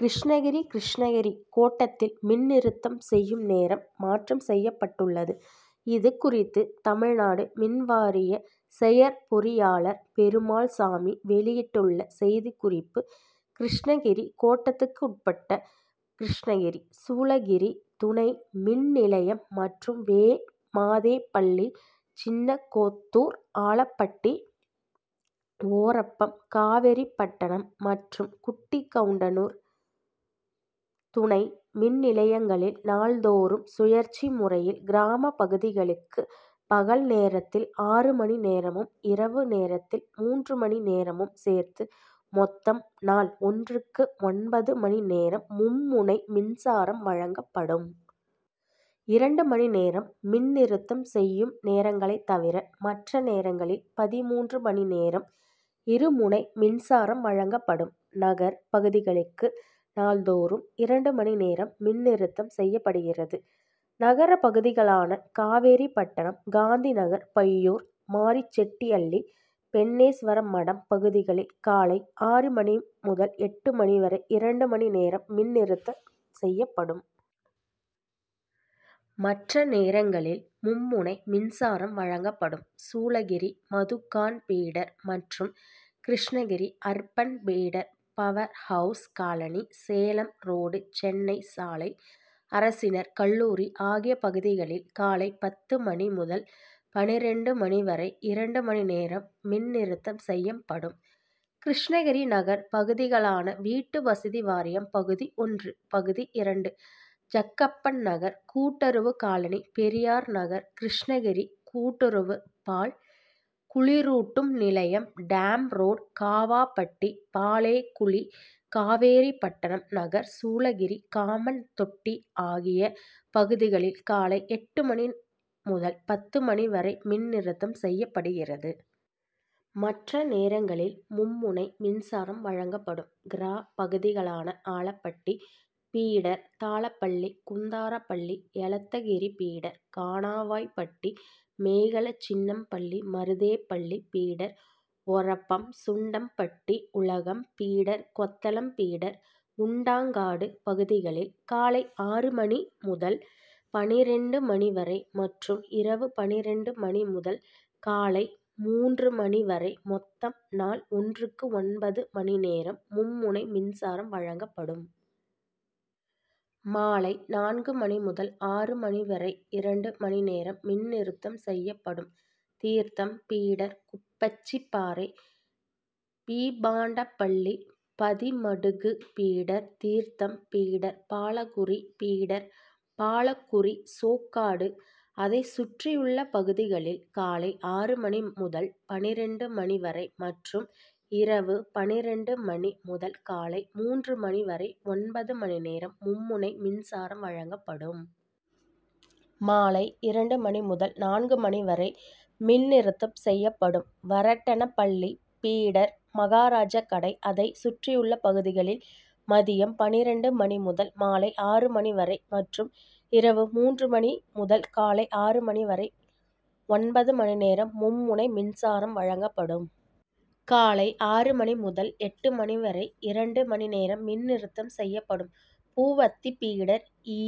கிருஷ்ணகிரி கிருஷ்ணகிரி கோட்டத்தில் மின் நிறுத்தம் செய்யும் நேரம் மாற்றம் செய்யப்பட்டுள்ளது. இது குறித்து தமிழ்நாடு மின்வாரிய செயற்பொறியாளர் பெருமாள்சாமி வெளியிட்டுள்ள செய்திக்குறிப்பு கிருஷ்ணகிரி கோட்டத்துக்குட்பட்ட கிருஷ்ணகிரி, சூளகிரி துணை மின்நிலையம் மற்றும் வே. மாதேப்பள்ளி, சின்னக்கொத்தூர், ஆலப்பட்டி, ஒரப்பம், காவேரிப்பட்டணம் மற்றும் குட்டிகவுன்டனூர் துணை மின் நிலையங்களில் நாள்தோறும் சுழற்சி முறையில் கிராம பகுதிகளுக்கு பகல் நேரத்தில் ஆறு மணி நேரமும், இரவு நேரத்தில் மூன்று மணி நேரமும் சேர்த்து மொத்தம் நாள் ஒன்றுக்கு ஒன்பது மணி நேரம் மும்முனை மின்சாரம் வழங்கப்படும். இரண்டு மணி நேரம் மின் நிறுத்தம் செய்யும் நேரங்களை தவிர மற்ற நேரங்களில் பதின்மூன்று மணி நேரம் இரு முனை மின்சாரம் வழங்கப்படும். நகர் பகுதிகளுக்கு நாள்தோறும் இரண்டு மணி நேரம் மின்நிறுத்தம் செய்யப்படுகிறது. நகர பகுதிகளான காவேரிப்பட்டணம் காந்தி நகர், பையூர், மாரிசெட்டிஅள்ளி, பென்னேஸ்வரமட பகுதிகளில் காலை ஆறு மணி முதல் எட்டு மணிவரை இரண்டு மணிநேரம் மின் நிறுத்தம் செய்யப்படும். மற்ற நேரங்களில் மும்முனை மின்சாரம் வழங்கப்படும். சூளகிரி மதுகான்பீடர் மற்றும் Krishnagiri urban feeder, power house colony, Salem road, Chennai சாலை, அரசினர் கல்லூரி ஆகிய பகுதிகளில் காலை பத்து மணி முதல் பன்னிரண்டு மணிவரை இரண்டு மணிநேரம் மின் நிறுத்தம் செய்யப்படும். கிருஷ்ணகிரி நகர் பகுதிகளான வீட்டுவசதி வாரியம் பகுதி ஒன்று, பகுதி இரண்டு, ஜக்கப்பன்நகர், கூட்டுறவு காலனி, பெரியார் நகர், கிருஷ்ணகிரி கூட்டுறவு பால் குளிரூட்டும் நிலையம், டேம்ரோடு, காவாப்பட்டி, பாளேகுளி, காவேரிப்பட்டணம் நகர், சூளகிரி, காமன்தொட்டி ஆகிய பகுதிகளில் காலை எட்டு மணி முதல் பத்து மணி வரை மின் நிறுத்தம் செய்யப்படுகிறது. மற்ற நேரங்களில் மும்முனை மின்சாரம் வழங்கப்படும். கிரா பகுதிகளான Alappatti feeder, Thalapalli, Kundarapalli, Elathagiri feeder, Kanavaipatti, Megalachinnampalli, Maruthepalli feeder, Orappam, Sundampatti, Ulagam feeder, Kothalam feeder, Kundangadu பகுதிகளில் காலை ஆறு மணி முதல் பன்னிரண்டு மணிவரை மற்றும் இரவு பன்னிரண்டு மணி முதல் காலை மூன்று மணிவரை மொத்தம் நாள் ஒன்றுக்கு ஒன்பது மணிநேரம் மும்முனை மின்சாரம் வழங்கப்படும். மாலை நான்கு மணி முதல் ஆறு மணிவரை இரண்டு மணி நேரம் மின் நிறுத்தம் செய்யப்படும். Theertham feeder, Kuppachiparai, Beemandapalli, Pathimadugu feeder, Theertham feeder, Balakuri feeder, Balakuri, Sokkadu அதை சுற்றியுள்ள பகுதிகளில் காலை ஆறு மணி முதல் பன்னிரண்டு மணிவரை மற்றும் இரவு பன்னிரண்டு மணி முதல் காலை மூன்று மணிவரை ஒன்பது மணிநேரம் மும்முனை மின்சாரம் வழங்கப்படும். மாலை இரண்டு மணி முதல் நான்கு மணிவரை மின் நிறுத்தம் செய்யப்படும். வரட்டனப்பள்ளி பீடர், மகாராஜகடை அதை சுற்றியுள்ள பகுதிகளில் மதியம் பன்னிரண்டு மணி முதல் மாலை ஆறு மணிவரை மற்றும் இரவு மூன்று மணி முதல் காலை ஆறு மணிவரை ஒன்பது மணிநேரம் மும்முனை மின்சாரம் வழங்கப்படும். காலை ஆறு மணி முதல் எட்டு மணிவரை இரண்டு மணிநேரம் மின் நிறுத்தம் செய்யப்படும். Poovathi feeder, E.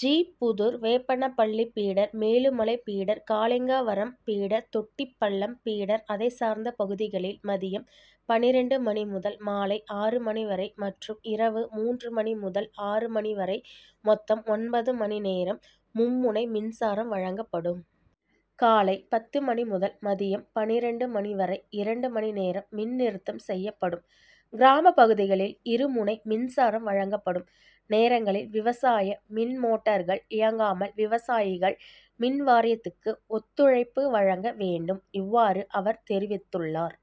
G Puthur, Veppanapalli feeder, Melumalai feeder, Kalingavaram feeder, Thottipallam feeder அதை சார்ந்த பகுதிகளில் மதியம் பன்னிரண்டு மணி முதல் மாலை ஆறு மணிவரை மற்றும் இரவு மூன்று மணி முதல் ஆறு மணி வரை மொத்தம் ஒன்பது மணிநேரம் மும்முனை மின்சாரம் வழங்கப்படும். காலை பத்து மணி முதல் மதியம் பன்னிரண்டு மணிவரை இரண்டு மணிநேரம் மின் நிறுத்தம் செய்யப்படும். கிராம பகுதிகளில் இருமுனை மின்சாரம் வழங்கப்படும் நேரங்களில் விவசாய மின்மோட்டார்கள் இயக்காமல் விவசாயிகள் மின்வாரியத்துக்கு ஒத்துழைப்பு வழங்க வேண்டும். இவ்வாறு அவர் தெரிவித்துள்ளார்.